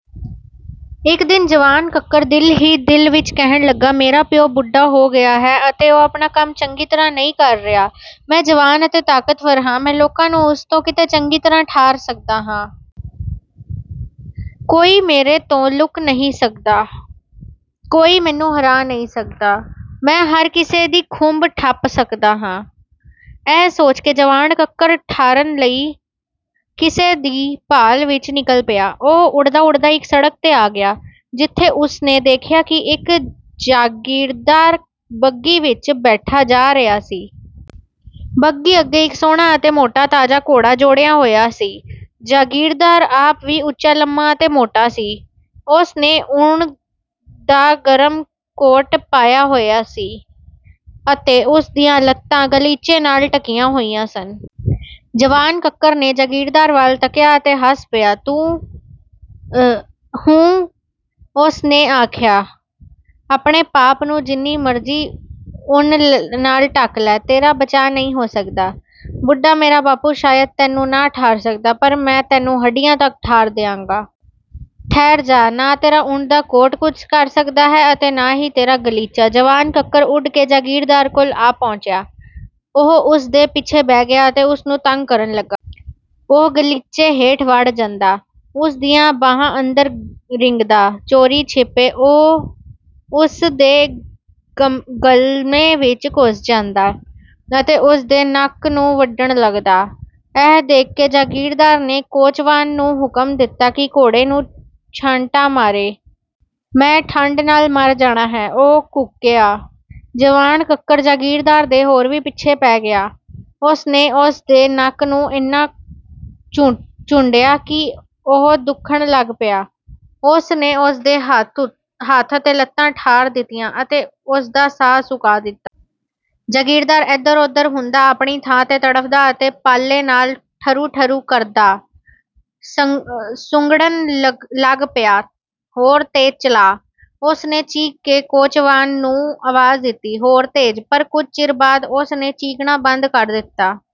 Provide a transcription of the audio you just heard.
ਇੱਕ ਦਿਨ ਜਵਾਨ ਕੱਕਰ ਦਿਲ ਹੀ ਦਿਲ ਵਿੱਚ ਕਹਿਣ ਲੱਗਾ, "ਮੇਰਾ ਪਿਓ ਬੁੱਢਾ ਹੋ ਗਿਆ ਹੈ ਅਤੇ ਉਹ ਆਪਣਾ ਕੰਮ ਚੰਗੀ ਤਰ੍ਹਾਂ ਨਹੀਂ ਕਰ ਰਿਹਾ। ਮੈਂ ਜਵਾਨ ਅਤੇ ਤਾਕਤਵਰ ਹਾਂ, ਮੈਂ ਲੋਕਾਂ ਨੂੰ ਉਸ ਤੋਂ ਕਿਤੇ ਚੰਗੀ ਤਰ੍ਹਾਂ ਠਾਰ ਸਕਦਾ ਹਾਂ। ਕੋਈ ਮੇਰੇ ਤੋਂ ਲੁਕ ਨਹੀਂ ਸਕਦਾ, ਕੋਈ ਮੈਨੂੰ ਹਰਾ ਨਹੀਂ ਸਕਦਾ, ਮੈਂ ਹਰ ਕਿਸੇ ਦੀ ਖੁੰਬ ਠੱਪ ਸਕਦਾ ਹਾਂ!" ਇਹ ਸੋਚ ਕੇ ਜਵਾਨ ਕੱਕਰ ਠਾਰਨ ਲਈ ਕਿਸੇ ਦੀ ਭਾਲ ਵਿੱਚ ਨਿਕਲ ਪਿਆ। ਉਹ ਉੱਡਦਾ-ਉੱਡਦਾ ਇੱਕ ਸੜਕ 'ਤੇ ਆ ਗਿਆ, ਜਿੱਥੇ ਉਸ ਨੇ ਦੇਖਿਆ ਕਿ ਇੱਕ ਜਾਗੀਰਦਾਰ ਬੱਘੀ ਵਿੱਚ ਬੈਠਾ ਜਾ ਰਿਹਾ ਸੀ। ਬੱਘੀ ਅੱਗੇ ਇੱਕ ਸੋਹਣਾ ਅਤੇ ਮੋਟਾ-ਤਾਜ਼ਾ ਘੋੜਾ ਜੋੜਿਆ ਹੋਇਆ ਸੀ। ਜਾਗੀਰਦਾਰ ਆਪ ਵੀ ਉੱਚਾ-ਲੰਮਾ ਅਤੇ ਮੋਟਾ ਸੀ। ਉਸ ਨੇ ਊਣ ਦਾ ਗਰਮ ਕੋਟ ਪਾਇਆ ਹੋਇਆ ਸੀ ਅਤੇ ਉਸ ਦੀਆਂ ਲੱਤਾਂ ਗ਼ਲੀਚੇ ਨਾਲ ਢੱਕੀਆਂ ਹੋਈਆਂ ਸਨ। ਜਵਾਨ ਕੱਕਰ ਨੇ ਜਾਗੀਰਦਾਰ ਵੱਲ ਤੱਕਿਆ ਅਤੇ ਹੱਸ ਪਿਆ। "ਹੂੰ!" ਉਸ ਨੇ ਆਖਿਆ, "ਆਪਣੇ ਆਪ ਨੂੰ ਜਿੰਨੀ ਮਰਜ਼ੀ ਊਣ ਨਾਲ ਢੱਕ ਲੈ, ਤੇਰਾ ਬਚਾਅ ਨਹੀਂ ਹੋ ਸਕਦਾ। ਬੁੱਢਾ, ਮੇਰਾ ਬਾਪੂ, ਸ਼ਾਇਦ ਤੈਨੂੰ ਨਾ ਠਾਰ ਸਕਦਾ, ਪਰ ਮੈਂ ਤੈਨੂੰ ਹੱਡੀਆਂ ਤੱਕ ਠਾਰ ਦਿਆਂਗਾ। ਠਹਿਰ ਜਾ, ਨਾ ਤੇਰਾ ਊਣ ਦਾ ਕੋਟ ਕੁਝ ਕਰ ਸਕਣਾ ਹੈ ਅਤੇ ਨਾ ਹੀ ਤੇਰਾ ਗ਼ਲੀਚਾ।" ਜਵਾਨ ਕੱਕਰ ਉੱਡ ਕੇ ਜਾਗੀਰਦਾਰ ਕੋਲ ਆ ਪਹੁੰਚਿਆ। ਉਹ ਉਸ ਦੇ ਪਿੱਛੇ ਪੈ ਗਿਆ ਅਤੇ ਉਸ ਨੂੰ ਤੰਗ ਕਰਨ ਲੱਗਾ। ਉਹ ਗ਼ਲੀਚੇ ਹੇਠ ਵੜ ਜਾਂਦਾ, ਉਸ ਦੀਆਂ ਬਾਹਾਂ ਅੰਦਰ ਰਿੰਗਦਾ, ਚੋਰੀ-ਛਿਪੇ ਉਸ ਦੇ ਗਲਮੇ ਵਿੱਚ ਘੁਸ ਜਾਂਦਾ ਅਤੇ ਉਸ ਦੇ ਨੱਕ ਨੂੰ ਵੱਢਣ ਲੱਗਦਾ। ਇਹ ਦੇਖ ਕੇ ਜਾਗੀਰਦਾਰ ਨੇ ਕੋਚਵਾਨ ਨੂੰ ਹੁਕਮ ਦਿੱਤਾ ਕਿ ਘੋੜੇ ਨੂੰ ਛਾਂਟਾ ਮਾਰੇ। "ਮੈਂ ਠੰਢ ਨਾਲ ਮਰ ਜਾਣਾ ਹੈ!" ਉਹ ਕੂਕਿਆ। ਜਵਾਨ ਕੱਕਰ ਜਾਗੀਰਦਾਰ ਦੇ ਹੋਰ ਵੀ ਪਿੱਛੇ ਪੈ ਗਿਆ। ਉਸ ਨੇ ਉਸ ਦੇ ਨੱਕ ਨੂੰ ਇੰਨਾ ਚੂੰਢਿਆ ਕਿ ਉਹ ਦੁਖਣ ਲੱਗ ਪਿਆ। ਉਸ ਨੇ ਉਸ ਦੇ ਹੱਥ ਅਤੇ ਲੱਤਾਂ ਠਾਰ ਦਿੱਤੀਆਂ ਅਤੇ ਉਸ ਦਾ ਸਾਹ ਸੁਕਾ ਦਿੱਤਾ। ਜਾਗੀਰਦਾਰ ਇੱਧਰ-ਓਧਰ ਹੁੰਦਾ, ਆਪਣੀ ਥਾਂ 'ਤੇ ਤੜਫਦਾ ਅਤੇ ਪਾਲੇ ਨਾਲ ਠਰੂ-ਠਰੂ ਕਰਦਾ ਸੁੰਗੜਨ ਲੱਗ ਪਿਆ। "ਹੋਰ ਤੇਜ਼ ਚਲਾ!" ਉਸ ਨੇ ਚੀਕ ਕੇ ਕੋਚਵਾਨ ਨੂੰ ਆਵਾਜ਼ ਦਿੱਤੀ, "ਹੋਰ ਤੇਜ਼!" ਪਰ ਕੁਝ ਚਿਰ ਬਾਅਦ ਉਸ ਨੇ ਚੀਕਣਾ ਬੰਦ ਕਰ ਦਿੱਤਾ।